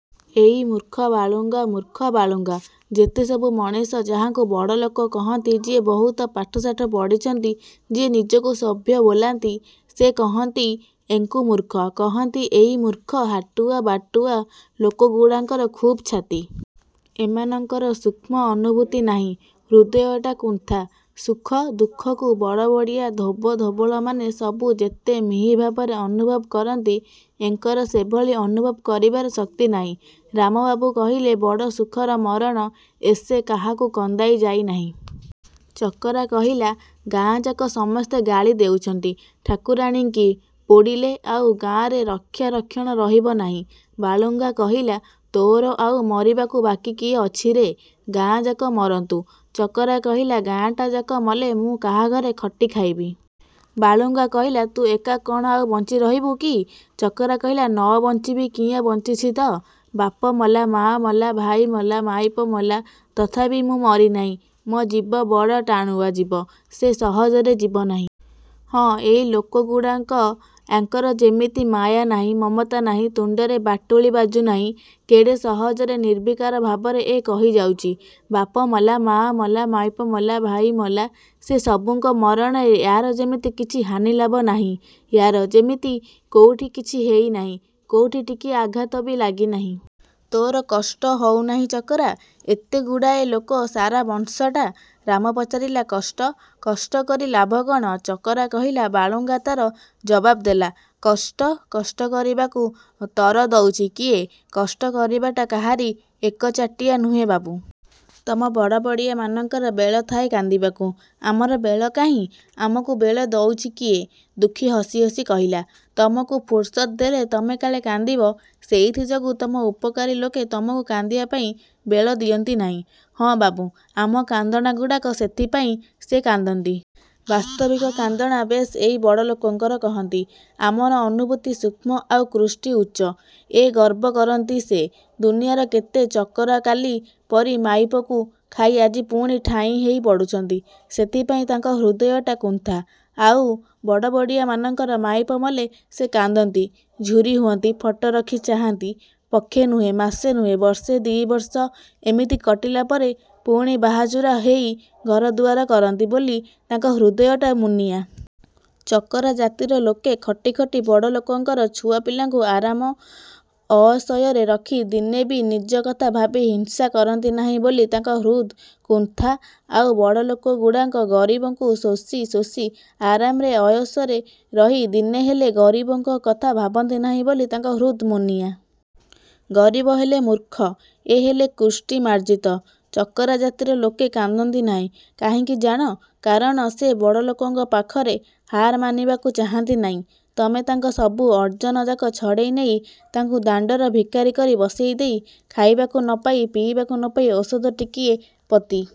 ' ଏଇ ମୂର୍ଖ ବାଳୁଙ୍ଗା ମୂର୍ଖ ବାଳୁଙ୍ଗା! ଯେତେ ସବୁ ମଣିଷ ଯାହାଙ୍କୁ ବଡ଼ଲୋକ କହନ୍ତି ଯିଏ ବୋହୁତ ପାଠ ଶାଠ ପଢ଼ିଛନ୍ତି ଯିଏ ନିଜକୁ ସଭ୍ୟ ବୋଲାନ୍ତି ସେ କହନ୍ତି ୟେଙ୍କୁ ମୂର୍ଖ। କହନ୍ତି ଏଇ ମୂର୍ଖ ହାଟୁଆ ବାଟୁଆ ଲୋକଗୁଡ଼ାଙ୍କର ଖୁବ୍ ଛାତି। ଏମାନଙ୍କର ସୂଷ୍ମ ଅନୁଭୂତି ନାହିଁ। ହୃଦୟଟା କୁନ୍ଥା। ସୁଖ ଦୁଃଖକୁ ବଡ଼ବଡ଼ିଆ ଧୋବ ଧବଳମାନେ ସବୁ ଯେତେ ମିହି ଭାବରେ ଅନୁଭବ କରନ୍ତି ୟେଙ୍କର ସେଭଳି ଅନୁଭବ କରିବାର ଶକ୍ତି ନାହିଁ। ରାମବାବୁ କହିଲେ ବଡ଼ ସୁଖର ମରଣ ଏସେ କାହାକୁ କନ୍ଦାଇ ଯାଇ ନାହିଁ। ଚକରା କହିଲା ''ଗାଁଯାକ ସମସ୍ତେ ଗାଳି ଦେଉଛନ୍ତି ଠାକୁରାଣୀଙ୍କି ପୋଡ଼ିଲେ ଆଉ ଗାଁରେ ରକ୍ଷା ରକ୍ଷଣ ରହିବ ନାହିଁ। '' ବାଳୁଙ୍ଗା କହିଲା ''ତୋର ଆଉ ମରିବାକୁ ବାକି କିଏ ଅଛିରେ? ଗାଁଯାକ ମରନ୍ତୁ! '' ଚକରା କହିଲା ''ଗାଁଟାଯାକ ମଲେ ମୁଁ କାହାଘରେ ଖଟି ଖାଇବି? '' ବାଳୁଙ୍ଗା କହିଲା ''ତୁ ଏକା କ'ଣ ଆଉ ବଞ୍ଚି ରହିବୁ କି? '' ଚକରା କହିଲା ''ନ ବଞ୍ଚିବି କିଆଁ ବଞ୍ଚିଛି ତ! ବାପ ମଲା, ମା ମଲା, ଭାଇ ମଲା, ମାଇପ ମଲା, ତଥାପି ମୁଁ ମରି ନାହିଁ। ମୋ ଜୀବ ବଡ଼ ଟାଣୁଆ ଜୀବ, ସେ ସହଜରେ ଯିବ ନାହିଁ। '' ହଁ, ଏଇ ଲୋକଗୁଡ଼ାକ। ୟାଙ୍କର ଯେମିତି ମାୟା ନାହିଁ ମମତା ନାହିଁ ତୁଣ୍ଡରେ ବାଟୁଳି ବାଜୁନାହିଁ କେଡ଼େ ସହଜରେ ନିର୍ବିକାର ଭାବରେ ଏ କହିଯାଉଚି ବାପମଲା, ମା ମଲା, ମାଇପ ମଲା, ଭାଇ ମଲା ସେ ସବୁଙ୍କ ମରଣରେ ୟାର ଯେମିତି କିଛି ହାନିଲାଭ ନାହିଁୟାର ଯିମିତି କୋଉଠି କିଛି ହେଇ ନାହିଁ–କୋଉଠି ଟିକିଏ ଆଘାତବି ଲାଗି ନାହିଁ। ''ତୋର କଷ୍ଟ ହୋଉ ନାହିଁ ଚକରା, ଏତେଗୁଡ଼ାଏ ଲୋକ ସାରା ବଂଶଟା? ' ରାମ ପଚାରିଲା। 'କଷ୍ଟ? କଷ୍ଟ କରି ଲାଭ କ'ଣ? '' ଚକରା କହିଲା। ବାଳୁଙ୍ଗା ତା'ର ଜବାବ ଦେଲାକଷ୍ଟ? କଷ୍ଟ କରିବାକୁ ତର ଦଉଚି କିଏ? କଷ୍ଟ କରିବାଟା କାହାରି ଏକଚାଟିଆ ନୁହେଁ ବାବୁ। ତମ ବଡ଼ବଡ଼ିଆମାନଙ୍କର ବେଳଥାଏ କାନ୍ଦିବାକୁ। ଆମର ବେଳ କାହିଁ? ଆମକୁ ବେଳ ଦଉଚି କିଏ? ଦୁଃଖୀ ହସି ହସି କହିଲା–''ତମକୁ ଫୁରୁସତ୍ ଦେଲେ ତମେ କାଳେ କାନ୍ଦିବ ସେଇଥି ଯୋଗୁଁ ତମ ଉପକାରୀ ଲୋକେ ତମକୁ କାନ୍ଦିବାପାଇଁ ବେଳ ଦିଅନ୍ତି ନାହିଁ। ''ହଁ ବାବୁ, ଆମ କାନ୍ଦଣାଗୁଡ଼ାକ ସେଥିପାଇଁ ସେ କାନ୍ଦନ୍ତି। ବାସ୍ତବିକ କାନ୍ଦଣା ବେଶ ଏଇ ବଡ଼ଲୋକଙ୍କର। କହନ୍ତି, ଆମର ଅନୁଭୂତି ସୂକ୍ଷ୍ମ ଆଉ କୃଷ୍ଟି ଉଚ୍ଚ। ଏ ଗର୍ବ କରନ୍ତି ସେ। ଦୁନିଆର କେତେ ଚକରା କାଲି ପରି ମାଇପକୁ ଖାଇ ଆଜି ପୁଣି ଠାଇଁ ହେଇ ପଡ଼ୁଛନ୍ତି। ସେଥିପାଇଁ ତାଙ୍କ ହୃଦୟଟା କୁନ୍ଥା। ଆଉ ବଡ଼ବଡ଼ିଆଙ୍କର ମାଇପ ମଲେ ସେ କାନ୍ଦନ୍ତି, ଝୁରି ହୁଅନ୍ତି, ଫଟ ରଖି ଚାହାଁନ୍ତି, ପକ୍ଷେ ନୁହେଁ ମାସେ ନୁହେଁ ବର୍ଷେ ଦି' ବର୍ଷ ଏମିତି କଟିଲା ପରେ ପୁଣି ବାହାଚୁରା ହେଇ ଘରଦୁଆର କରନ୍ତି ବୋଲି ତାଙ୍କ ହୃଦୟଟା ମୁନିଆ। ଚକରା ଜାତିର ଲୋକେ ଖଟି ଖଟି ବଡ଼ଲୋକଙ୍କର ଛୁଆପିଲାଙ୍କୁ ଆରାମ ଅୟସରେ ରଖି ଦିନେବି ନିଜ କଥା ଭାବି ହିଂସା କରନ୍ତି ନାହିଁ ବୋଲି ତାଙ୍କ ହୃଦ୍ କୁନ୍ଥା, ଆଉ ବଡ଼ଲୋକଗୁଡ଼ାକ ଗରିବଙ୍କୁ ଶୋଷି ଶୋଷି ଆରାମ ଅୟସରେ ରହି ଦିନେହେଲେ ଗରିବଙ୍କ କଥା ଭାବନ୍ତି ନାହିଁ ବୋଲି ତାଙ୍କ ହୃଦ୍ ମୁନିଆ। ଗରିବ ହେଲେ ମୂର୍ଖ, ଏ ହେଲେ କୃଷ୍ଟି ମାର୍ଜିତ! ଚକରା ଜାତିର ଲୋକେ କାନ୍ଦନ୍ତି ନାହିଁ। କାହିଁକି ଜାଣ? କାରଣ ସେ ବଡ଼ଲୋକଙ୍କ ପାଖରେ ହାର ମାନିବାକୁ ଚାହାଁନ୍ତି ନାହିଁ। ତମେ ତାଙ୍କ ସବୁ ଅର୍ଜନଯାକ ଛଡ଼େଇ ନେଇ ତାଙ୍କୁ ଦାଣ୍ଡର ଭିକାରି କରି ବସେଇ ଦେଇ–ଖାଇବାକୁ ନପାଇ, ପିଇବାକୁ ନପାଇ, ଓଷଦ ଟିକିଏ ପତି